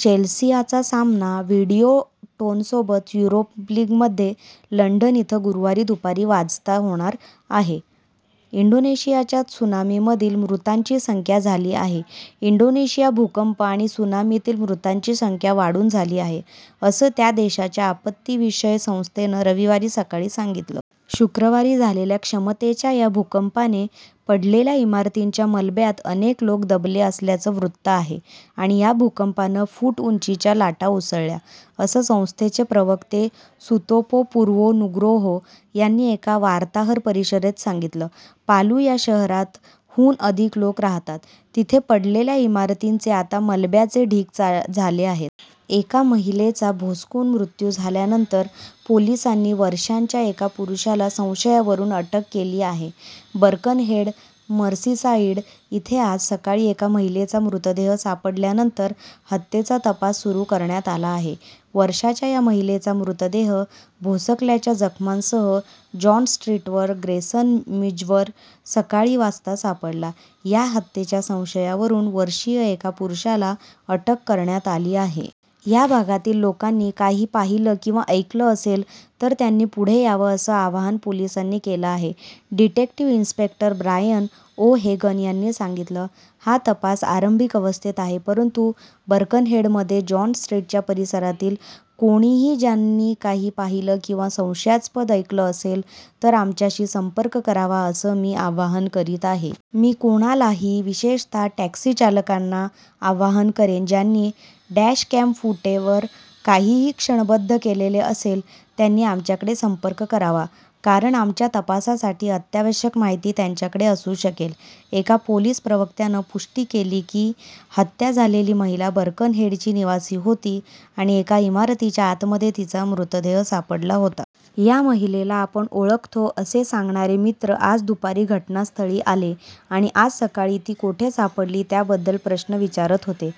चेल्सिआचा सामना विडीयोटोनसोबत Europa लिगमध्ये London इथं गुरुवारी दुपारी वाजता होणार आहे. इंडोनेशियाच्या त्सुनामीमधील मृतांची संख्या झाली आहे इंडोनेशिया भूकंप आणि त्सुनामीतील मृतांची संख्या वाढून झाली आहे, असं त्या देशाच्या आपत्तीविषय संस्थेनं रविवारी सकाळी सांगितलं. शुक्रवारी झालेल्या क्षमतेच्या या भूकंपाने पडलेल्या इमारतींच्या मलब्यात अनेक लोक दबले असल्याचं वृत्त आहे आणि या भूकंपानं फूट उंचीच्या लाटा उसळल्या, असं संस्थेचे प्रवक्ते सुतोपो पुर्वो नुग्रोहो यांनी एका वार्ताहर परिषदेत सांगितलं. पालु या शहरात, हून अधिक लोक राहतात, तिथे पडलेल्या इमारतींचे आता मलब्याचे ढीग झाले आहेत. एका महिलेचा भोसकून मृत्यु झाल्यानंतर पोलिसांनी वर्षांच्या एका पुरूषाला संशयावरुन अटक केली आहे बर्कनहेड, मर्सीसाईड इथे आज सकाळी एका महिलेचा मृतदेह सापडल्यानंतर हत्येचा तपास सुरु करण्यात आला आहे. वर्षांच्या या महिलेचा मृतहेद भोसकल्याच्या जखमांसह जॉन स्ट्रीटवर ग्रेसन मीव्जवर सकाळी वाजता सापडला, या हत्येच्या संशयावरुन वर्षीय एका पुरूषाला अटक करण्यात आली आहे. या भागातील लोकांनी काही पाहिलं किंवा ऐकलं असेल तर त्यांनी पुढे यावं असं आवाहन पोलिसांनी केलं आहे. Detective inspector Brian O'Hagan यांनी सांगितलं: 'हा तपास आरंभिक अवस्थेत आहे परंतु बर्कनहेडमध्ये जॉन स्ट्रीटच्या परिसरातील कोणीही ज्यांनी काही पाहिलं किंवा संशयास्पद ऐकलं असेल तर आमच्याशी संपर्क करावा असं मी आवाहन करीत आहे. मी कोणालाही, विशेषतः टॅक्सी चालकांना आवाहन करेन, ज्यांनी डॅशकॅम फूटेवर काहीही क्षणबद्ध केलेलं असेल त्यांनी आमच्याकडे संपर्क करावा कारण आमच्या तपासासाठी अत्यावश्यक माहिती त्यांच्याकडे असू शकेल. ' एका पोलिस प्रवक्त्यानं पुष्टि केली की हत्या झालेली महिला बर्कनहेडची निवासी होती आणि एका इमारतीच्या आतमध्ये तिचा मृतदेह सापडला होता. या महिलेला आपण ओळखतो असे सांगणारे मित्र आज दुपारी घटना स्थळी आले आणि आज सकाळी ती कोठे सापडली त्याबद्दल प्रश्न विचारत होते.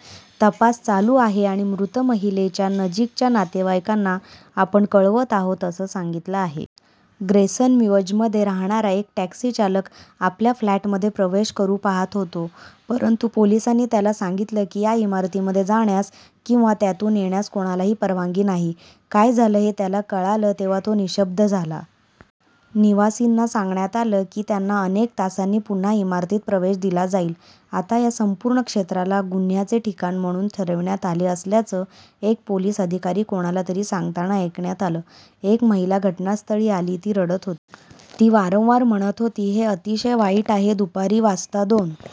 तपास चालू आहे आणि मृत महिलेच्या नजिकच्या नातेवाईकांना आपण कळवत आहोत असं सांगितलं आहे. ग्रेसन मीव्जमध्ये राहणारा एक टॅक्सी चालक आपल्या फ्लॅटमध्ये प्रवेश करु पाहात होतो परंतु पोलिसांनी त्याला सांगितलं की या इमारतीमध्ये जाण्यास किंवा त्यातून येण्यास कोणालाही परवानगी नाही. काय झालं हे त्याला कळाला तेव्हा तो निःशब्द झाला. निवासींना सांगण्यात आलं की त्यांना अनेक तासांनी पुन्हा इमारतीत प्रवेश दिला जाईल. आता या संपूर्ण क्षेत्राला गुन्ह्याचे ठिकाण म्हणून ठरविण्यात आले असल्याचं एक पोलिस अधिकारी कोणाला तरी सांगताना ऐकण्यात आलं. एक महिला घटनास्थळी आली, ती रडत होती. ती वारंवार म्हणत होती 'हे अतिशय वाईट आहे'. दुपारी वाजता दोन